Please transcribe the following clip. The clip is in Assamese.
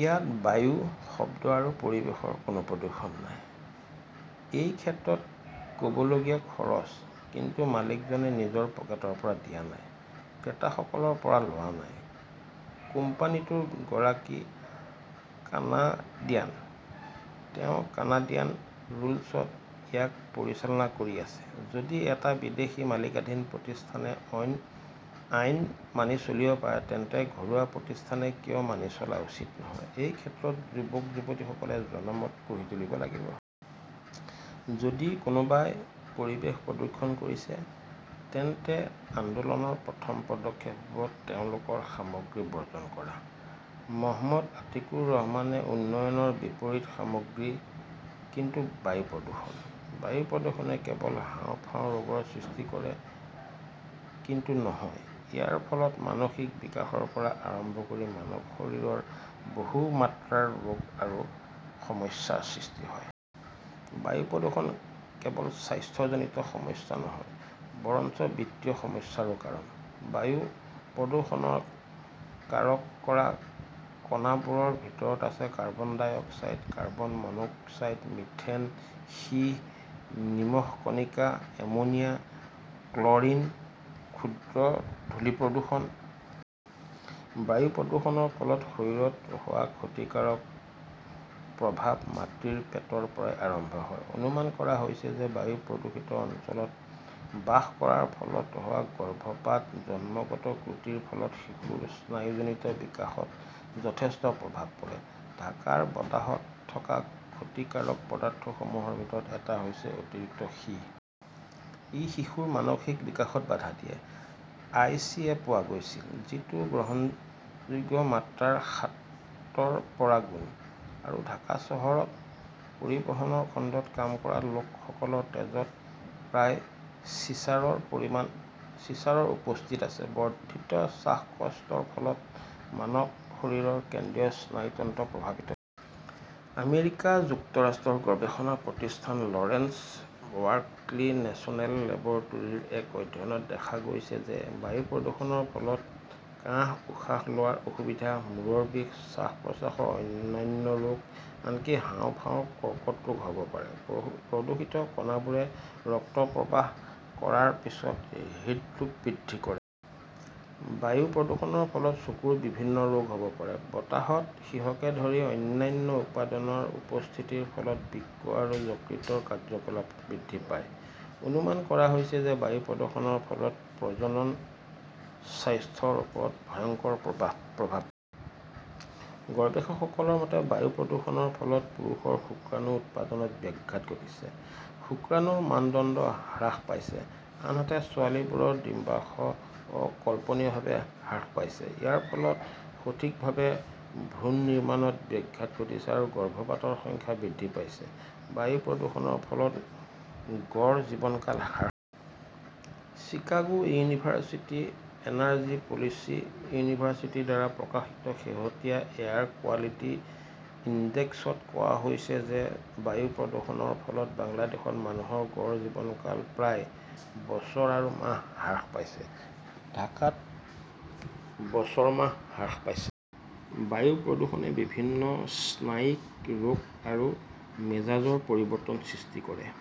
ইয়াত বায়ু, শব্দ আৰু পৰিৱেশৰ কোনো প্ৰদূষণ নাই। এই ক্ষেত্ৰত কৰিবলগীয়া খৰচ, কিন্তু মালিকজনে নিজৰ পকেটৰ পৰা দিয়া নাই। ক্ৰেতাসকলৰ পৰা লোৱা। কোম্পানীটোৰ গৰাকী কানাডিয়ান। তেওঁ কানাডিয়ান ৰুলছত ইয়াক পৰিচালনা কৰি আছে। যদি এটা বিদেশী মালিকানাধীন প্ৰতিষ্ঠানে আইন মানি চলিব পাৰে, তেন্তে ঘৰুৱা প্ৰতিষ্ঠানে কিয় মানি চলা উচিত নহয় এই ক্ষেত্ৰত যুৱক-যুৱতীসকলে জনমত গঢ়ি তুলিব লাগিব। যদি কোনোবাই পৰিৱেশ প্ৰদূষণ কৰিছে, তেন্তে আন্দোলনৰ প্ৰথম পদক্ষেপ হ’ব তেওঁলোকৰ সামগ্ৰী বৰ্জন কৰা। মহম্মদ আতিকুৰ ৰহমানে উন্নয়নৰ বিপৰীত সামগ্ৰী কিন্তু বায়ু প্ৰদূষণ। বায়ু প্ৰদূষণে কেৱল হাঁওফাঁওৰ ৰোগৰ সৃষ্টি কৰে, কিন্তু নহয়। ইয়াৰ ফলত মানসিক বিকাশৰ পৰা আৰম্ভ কৰি মানৱ শৰীৰৰ বহু মাত্ৰাৰ ৰোগ আৰু সমস্যাৰ সৃষ্টি হয়। বায়ু প্ৰদূষণ কেৱল স্বাস্থ্যজনিত সমস্যা নহয় বৰঞ্চ বিত্তীয় সমস্যাৰো কাৰণ। বায়ু প্ৰদূষণৰ কাৰক কৰা কণাবোৰৰ ভিতৰত আছে carbon dioxide, carbon monoxide, methane, সীহ, নিমখ কণিকা, আমোনিয়াম, ক্ল ৰিন, ক্ষুদ্ৰ ধূলি প্ৰদূষণ। বায়ু প্ৰদূষণৰ ফলত শৰীৰত হোৱা ক্ষতিকাৰক প্ৰভাৱ মাতৃৰ পেটৰ পৰাই আৰম্ভ হয়। অনুমান কৰা হৈছে যে বায়ু প্ৰদূষিত অঞ্চলত বাস কৰাৰ ফলত হোৱা গৰ্ভপাত/জন্মগত ত্ৰুটিৰ ফলত শিশুৰ স্নায়ুতন্ত্ৰৰ বিকাশত যথেষ্ট প্ৰভাৱ পৰে। ঢাকাৰ বতাহত থকা ক্ষতিকাৰক পদাৰ্থসমূহৰ ভিতৰত এটা হৈছে অতিৰিক্ত সীহ। ই শিশুৰ মানসিক বিকাশত বাধা দিয়ে। আই. চি. এ. পোৱা গৈছিল, যিটো গ্ৰহণযোগ্য মাত্ৰাৰ সাত ৰ পৰা গুণ। আৰু ঢাকা চহৰত পৰিবহণ খণ্ডত কাম কৰা লোকসকলৰ তেজত প্ৰায় চিছাৰৰ উপস্থিতি আছে। বৰ্ধিত শ্বাসকষ্টৰ ফলত মানৱ শৰীৰৰ কেন্দ্ৰীয় স্নায়ুতন্ত্ৰ প্ৰভাৱিত হয়। আমেৰিকা যুক্তৰাষ্ট্ৰৰ গৱেষণা প্ৰতিষ্ঠান লৰেন্স বাৰ্কলি নেচনেল লেবৰেটৰীৰ এক অধ্যয়নত দেখা গৈছে যে বায়ু প্ৰদূষণৰ ফলত কাহ-উশাহ লোৱাৰ অসুবিধা, মূৰৰ বিষ, শ্বাস-প্ৰশ্বাসৰ অন্যান্য ৰোগ, আনকি হাঁওফাঁওৰ কৰ্কট ৰোগ হ 'ব পাৰে। প্ৰদূষিত কণাবোৰে ৰক্ত প্ৰবাহ কৰাৰ পিছত হৃদৰোগ বৃদ্ধি কৰে। বায়ু প্ৰদূষণৰ ফলত চকুৰ বিভিন্ন ৰোগ হ’ব পাৰে। বতাহত সীহকে ধৰি অন্যান্য উপাদানৰ উপস্থিতিৰ ফলত বৃক্ক আৰু যকৃতৰ কাৰ্য্যকলাপ হ্ৰাস পায়। অনুমান কৰা হৈছে যে বায়ু প্ৰদূষণৰ ফলত প্ৰজনন স্বাস্থ্যৰ ওপৰত ভয়ংকৰ প্ৰভাৱ পৰিছে। গৱেষকসকলৰ মতে, বায়ু প্ৰদূষণৰ ফলত পুৰুষৰ শুক্ৰাণু উৎপাদনত ব্যাঘাত ঘটিছে; শুক্ৰাণুৰ মানদণ্ড হ্ৰাস পাইছে। আনহাতে ছোৱালীবোৰৰ ডিম্বাশয় অকল্পনীয়ভাৱে হ্ৰাস পাইছে। ইয়াৰ ফলত সঠিকভাৱে ভ্ৰূণ নিৰ্মাণত ব্যাঘাত ঘটিছে আৰু গৰ্ভপাতৰ সংখ্যা বৃদ্ধি পাইছে। বায়ু প্ৰদূষণৰ ফলত গড় জীৱনকাল হ্ৰাস পাইছে। চিকাগোৰ ইউনিভাৰ্চিটি এনাৰ্জি পলিচি ইনষ্টিটিউটৰ দ্বাৰা প্ৰকাশিত শেহতীয়া এয়াৰ কোৱালিটি ইনডেক্স ত কোৱা হৈছে যে বায়ু প্ৰদূষণৰ ফলত বাংলাদেশত মানুহৰ গড় জীৱনকাল প্ৰায় বছৰ আৰু মাহ হ্ৰাস পাইছে। ঢাকাত বছৰ মাহ হ্ৰাস পাইছে। বায়ু প্ৰদূষণে বিভিন্ন স্নায়ৱিক ৰোগ আৰু মেজাজৰ পৰিৱৰ্তনৰ সৃষ্টি কৰে ।